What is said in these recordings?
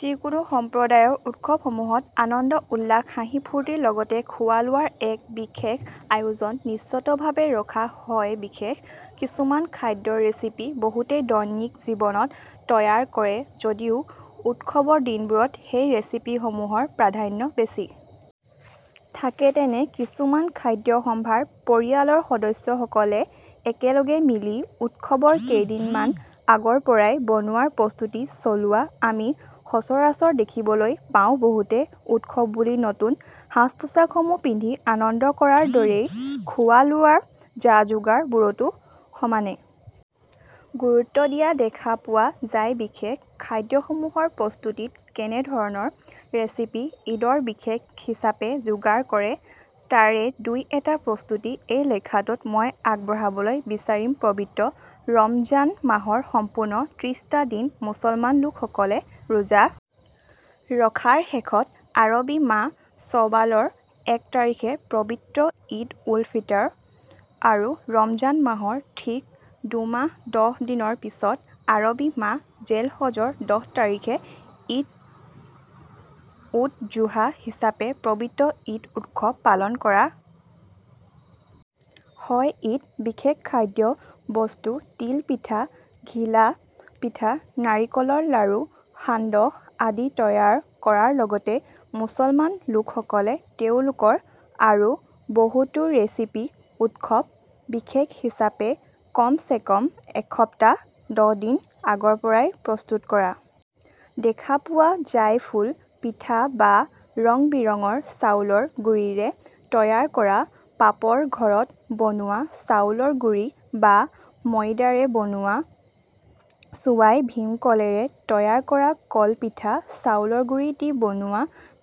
যিকোনো সম্প্ৰদায়ৰ উৎসৱ সমূহত আনন্দ উল্লাস হাঁহি ফূৰ্তিৰ লগতে খোৱা লোৱাৰ এক বিশেষ আয়োজন নিশ্চতভাৱে ৰখা হয়বিশেষ কিছুমান খাদ্যৰ ৰেচিপি বহুতেই দৈনিক জীৱনত তৈয়াৰ কৰে যদিও উৎসৱৰ দিনবোৰত সেই ৰেচিপি সমূহৰ প্ৰাধান্য বেছি থাকেতেনে কিছুমান খাদ্য সম্ভাৰ পৰিয়ালৰ সদস্য সকলে একেলগে মিলি উৎসৱৰ কেইদিনমান আগৰ পৰাই বনোৱাৰ প্ৰস্তুতি চলোৱা আমি সচৰাচৰ দেখিবলৈ পাওঁবহুতে উৎসৱ বুলি নতুন সাজপোছাকসমূহ পিন্ধি আনন্দ কৰাৰ দৰেই খোৱা লোৱাৰ যাযোগাৰ বোৰতো সমানে গুৰুত্ব দিয়া দেখা পোৱা যায়বিশেষ খাদ্য সমূহৰ প্ৰস্তুতিত কেনেধৰনৰ ৰেচিপি ঈদৰ বিশেষ হিচাপে যোগাৰ কৰে তাৰে দুই এটা প্ৰস্তুতি এই লেখাটোত মই আগবঢ়াবলৈ বিচাৰিমপবিত্ৰ ৰমজান মাহৰ সম্পূৰ্ণ ত্ৰিশটা দিন মুছলমান লোক সকলে ৰোজা ৰখাৰ শেষত আৰবী মাহ চৱালৰ এক তাৰিখে পবিত্ৰ ঈদ উল ফিটৰ আৰু ৰমজান মাহৰ ঠিক দুমাহ দহ দিনৰ পিছত আৰবী মাহ জেলহজৰ দহ তাৰিখে ঈদ উদ জোহা হিচাপে পবিত্ৰ ঈদ উৎসৱ পালন কৰা হয়ঈদ বিশেষ খাদ্য বস্তু তিল পিঠা ঘিলা পিঠা নাৰিকলৰ লাড়ু সান্দহ আদি তৈয়াৰ কৰাৰ লগতে মুছলমান লোক সকলে তেওঁলোকৰ আৰু বহুতো ৰেচিপি উৎসৱ বিশেষ হিচাপে কমচেকম এসপ্তাহ দহ দিন আগৰ পৰাই প্ৰস্তুত কৰা দেখা পোৱা যায়ফুল পিঠা বা ৰং বিৰঙৰ চাউলৰ গুৰিৰে তৈয়াৰ কৰা পাপৰ ঘৰত বনোৱা চাউলৰ গুড়ি বা মৈইদাৰে বনোৱা চেৱাই ভীমকলেৰে তৈয়াৰ কৰা কল পিঠা চাউলৰ গুড়ি দি বনোৱা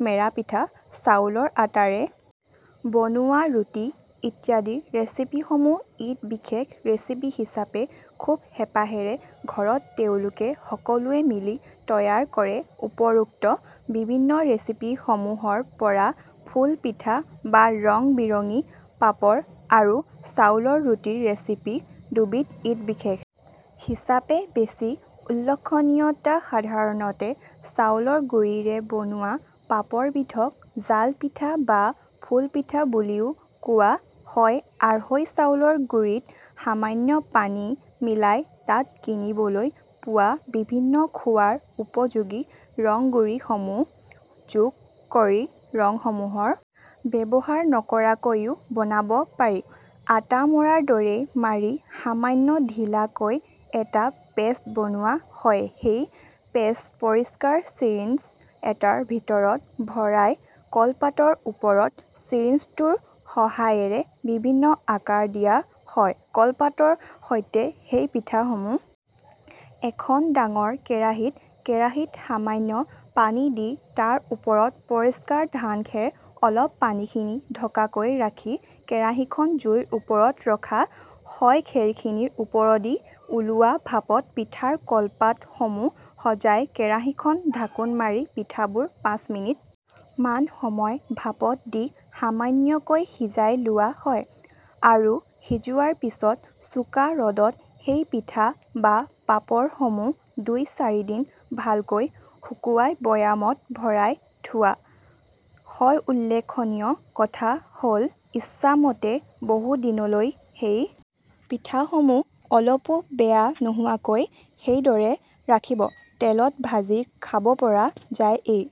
মেৰা পিঠা চাউলৰ আতাৰে বনোৱা ৰুটি ইত্যাদি ৰেচিপিসমূহ ঈদ বিশেষ ৰেচিপি হিচাপে খুব হেঁপাহেৰে ঘৰত তেওঁলোকে সকলোৱে মিলি তৈয়াৰ কৰেউপৰোক্ত বিভিন্ন ৰেচিপি সমূহৰ পৰা ফুল পিঠা বা ৰং বিৰঙী পাপৰ আৰু চাউলৰ ৰুটিৰ ৰেচিপি দুবিধ ঈদ বিশেষ হিচাপে বেছি উল্লেখনীয়সাধাৰণতে চাউলৰ গুৰিৰে বনোৱা পাপৰ বিধক জাল পিঠা বা ফুল পিঠা বুলিও কোৱা হয়আঢ়ৈ চাউলৰ গুড়িত সামান্য পানী মিলাই তাত কিনিবলৈ পোৱা বিভিন্ন খোৱাৰ উপযোগি ৰংগুড়ি সমূহ যোগ কৰি ৰং সমূহৰ ব্যৱহাৰ নকৰাকৈয়ো বনাব পাৰি আতা মৰাৰ দৰেই মাৰি সামান্য ঢিলা কৈ এটা পেষ্ট বনোৱা হয়সেই পেষ্ট পৰিষ্কাৰ চিৰিঞ্জ এটাৰ ভিতৰত ভৰাই কলপাতৰ ওপৰত চিৰিঞ্জটোৰ সহায়েৰে বিভিন্ন আকাৰ দিয়া হয়কলপাতৰ সৈতে সেই পিঠা সমূহ এখন ডাঙৰ কেৰাহীত কেৰাহীত সামান্য পানী দি তাৰ ওপৰত পৰিষ্কাৰ ধানখেৰ অলপ পানীখিনি ঢকাকৈ ৰাখি কেৰাহীখন জুইৰ ওপৰত ৰখা হয়খেৰখিনিৰ ওপৰদি ওলোৱা ভাপত পিঠাৰ কলপাত সমূহ সজাই কেৰাহীখন ঢাকোন মাৰি পিঠাবোৰ পাঁচ মিনিট মান সময় ভাপত দি সামান্যকৈ সিজাই লোৱা হয় আৰু সিজোৱাৰ পিছত চোকা ৰদত সেই পিঠা বা পাপৰ সমূহ দুই চাৰিদিন ভালকৈ শুকুৱাই বৈয়ামত ভৰাই থোৱা হয়উল্লেখনীয় কথা হল ইচ্ছা মতে বহু দিনলৈ সেই পিঠা সমূহ অলপো বেয়া নোহোৱাকৈ সেইদৰে ৰাখিব তেলত ভাজি খাব পৰা যায়এই